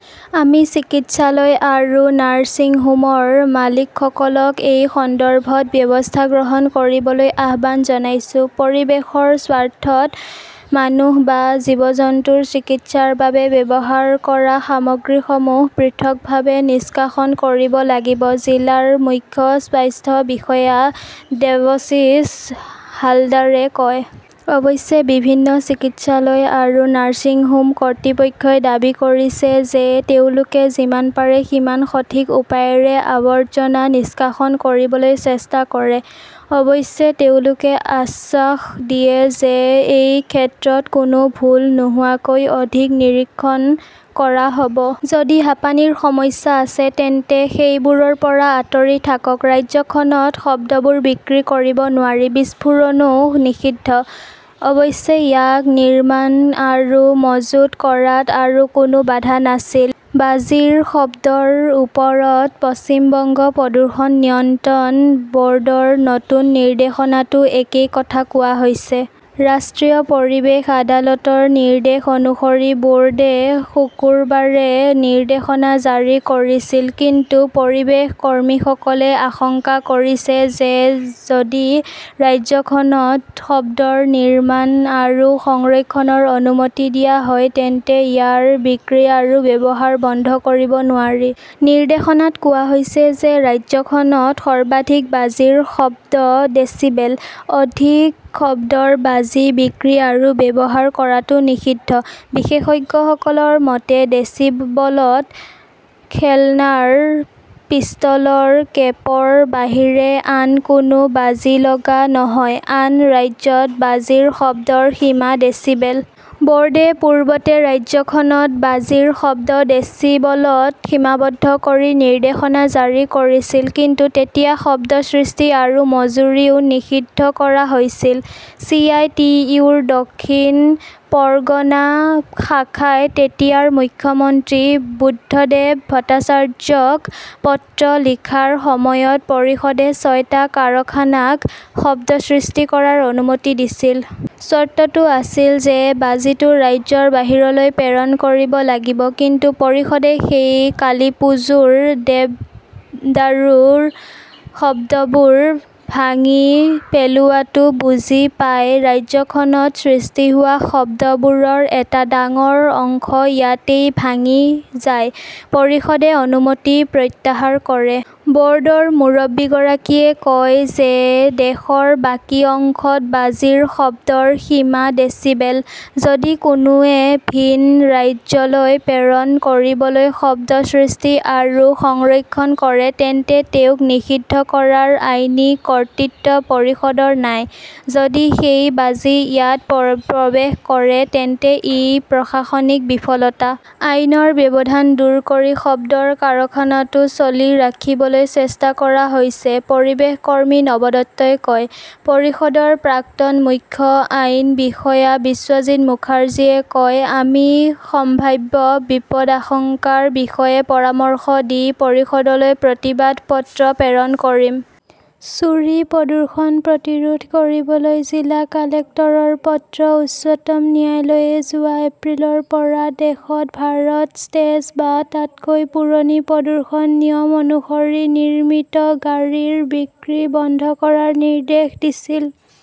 আমি চিকিৎসালয় আৰু নাৰ্ছিংহোমৰ মালিকসকলক এই সন্দৰ্ভত ব্যৱস্থা গ্ৰহণ কৰিবলৈ আহ্বান জনাইছো। পৰিৱেশৰ স্বাৰ্থত মানুহ বা জীৱ-জন্তুৰ চিকিৎসাৰ বাবে ব্যৱহাৰ কৰা সামগ্ৰীসমূহ পৃথকভাৱে নিষ্কাশন কৰিব লাগিব জিলাৰ মুখ্য স্বাস্থ্য বিষয়া দেৱশীছ হালদাৰে কয়। অৱশ্যে বিভিন্ন চিকিৎসালয় আৰু নাৰ্ছিংহোম কৰ্তৃপক্ষই দাবী কৰিছে যে তেওঁলোকে যিমান পাৰে সিমান সঠিক উপায়েৰে আৱৰ্জনা নিষ্কাশন কৰিবলৈ চেষ্টা কৰে। অৱশ্যে তেওঁলোকে আশ্বাস দিয়ে যে এই ক্ষেত্ৰত কোনো ভুল নোহোৱাকৈ অধিক নিৰীক্ষণ কৰা হ'ব। যদি হাঁপানীৰ সমস্যা আছে তেন্তে সেইবোৰৰ পৰা আতৰি থাকক। ৰাজ্যখনত শব্দবোৰ বিক্ৰী কৰিব নোৱাৰি। বিস্ফোৰণও নিষিদ্ধ। অৱশ্যে, ইয়াক নিৰ্মাণ আৰু মজুত কৰাত আৰু কোনো বাধা নাছিল। বাজিৰ শব্দৰ ওপৰত পশ্চিম বংগ প্ৰদূষণ নিয়ন্ত্ৰণ বৰ্ডৰ নতুন নিৰ্দেশনাতো একেই কথা কোৱা হৈছে। ৰাষ্ট্ৰীয় পৰিৱেশ আদালতৰ নিৰ্দেশ অনুসৰি বোৰ্ডে শুকুৰবাৰে নিৰ্দেশনা জাৰি কৰিছিল। কিন্তু পৰিৱেশ কৰ্মীসকলে আশংকা কৰিছে যে যদি ৰাজ্যখনত শব্দৰ নিৰ্মান আৰু সংৰক্ষণৰ অনুমতি দিয়া হয় তেন্তে ইয়াৰ বিক্ৰী আৰু ব্যৱহাৰ বন্ধ কৰিব নোৱাৰি। নিৰ্দেশনাত কোৱা হৈছে যে ৰাজ্যখনত সৰ্বাধিক বাজিৰ শব্দ ডেছিবেল। অধিক শব্দৰ বাজি বিক্ৰী আৰু ব্যৱহাৰ কৰাটো নিষিদ্ধ। বিশেষজ্ঞসকলৰ মতে, ডেছিবলত খেলনাৰ পিস্তলৰ কেপৰ বাহিৰে আন কোনো বাজি লগা নহয়। আন ৰাজ্যত বাজিৰ শব্দৰ সীমা ডেচিবেল। বৰ্ডে পূৰ্বতে ৰাজ্যখনত বাজিৰ শব্দ ডেছিবলত সীমাবদ্ধ কৰি নিৰ্দেশনা জাৰি কৰিছিল। কিন্তু তেতিয়া শব্দ সৃষ্টি আৰু মজুৰিও নিষিদ্ধ কৰা হৈছিল। চি. আই. টি. ইউ. -ৰ দক্ষিণ পৰগনা শাখাই তেতিয়াৰ মুখ্যমন্ত্ৰী বুদ্ধদেব ভট্টাচাৰ্যক পত্ৰ লিখাৰ সময়ত পৰিষদে ছয়টা কাৰখানাক শব্দ সৃষ্টি কৰাৰ অনুমতি দিছিল। চৰ্তটো আছিল যে বাজিটো ৰাজ্যৰ বাহিৰলৈ প্ৰেৰণ কৰিব লাগিব। কিন্তু পৰিষদে সেই কালীপুজোৰ দেৱদাৰুৰ শব্দবোৰ ভাঙি পেলোৱাটো বুজি পায়, ৰাজ্যখনত সৃষ্টি হোৱা শব্দবোৰৰ এটা ডাঙৰ অংশ ইয়াতেই ভাঙি যায়। পৰিষদে অনুমতি প্ৰত্যাহাৰ কৰে। বৰ্ডৰ মুৰব্বীগৰাকীয়ে কয় যে দেশৰ বাকী অংশত বাজিৰ শব্দৰ সীমা ডেছিবেল। যদি কোনোৱে ভিন ৰাজ্যলৈ প্ৰেৰণ কৰিবলৈ শব্দ সৃষ্টি আৰু সংৰক্ষণ কৰে তেন্তে তেওঁক নিষিদ্ধ কৰাৰ আইনী কৰ্তৃত্ব পৰিষদৰ নাই। যদি সেই বাজি ইয়াত প্ৰৱেশ কৰে তেন্তে ই প্ৰশাসনিক বিফলতা। আইনৰ ব্যৱধান দূৰ কৰি শব্দৰ কাৰখানাটো চলি ৰাখিবলৈ চেষ্টা কৰা হৈছে, পৰিৱেশ কৰ্মী নৱ দত্তই কয়। পৰিষদৰ প্ৰাক্তন মুখ্য আইন বিষয়া বিশ্বজিত মুখাৰ্জীয়ে কয়, আমি সম্ভাৱ্য বিপদাশংকাৰ বিষয়ে পৰামৰ্শ দি পৰিষদলৈ প্ৰতিবাদ পত্ৰ প্ৰেৰণ কৰিম। চুৰি-প্ৰদূষণ প্ৰতিৰোধ কৰিবলৈ জিলা কালেক্টৰৰ পত্ৰ উচ্চতম ন্যায়ালয়ে যোৱা এপ্ৰিলৰ পৰা দেশত ভাৰত ষ্টেজ- বা তাতকৈ পুৰণি প্ৰদূষণ নিয়ম অনুসৰি নিৰ্মিত গাড়ীৰ বিক্ৰী বন্ধ কৰাৰ নিৰ্দেশ দিছিল।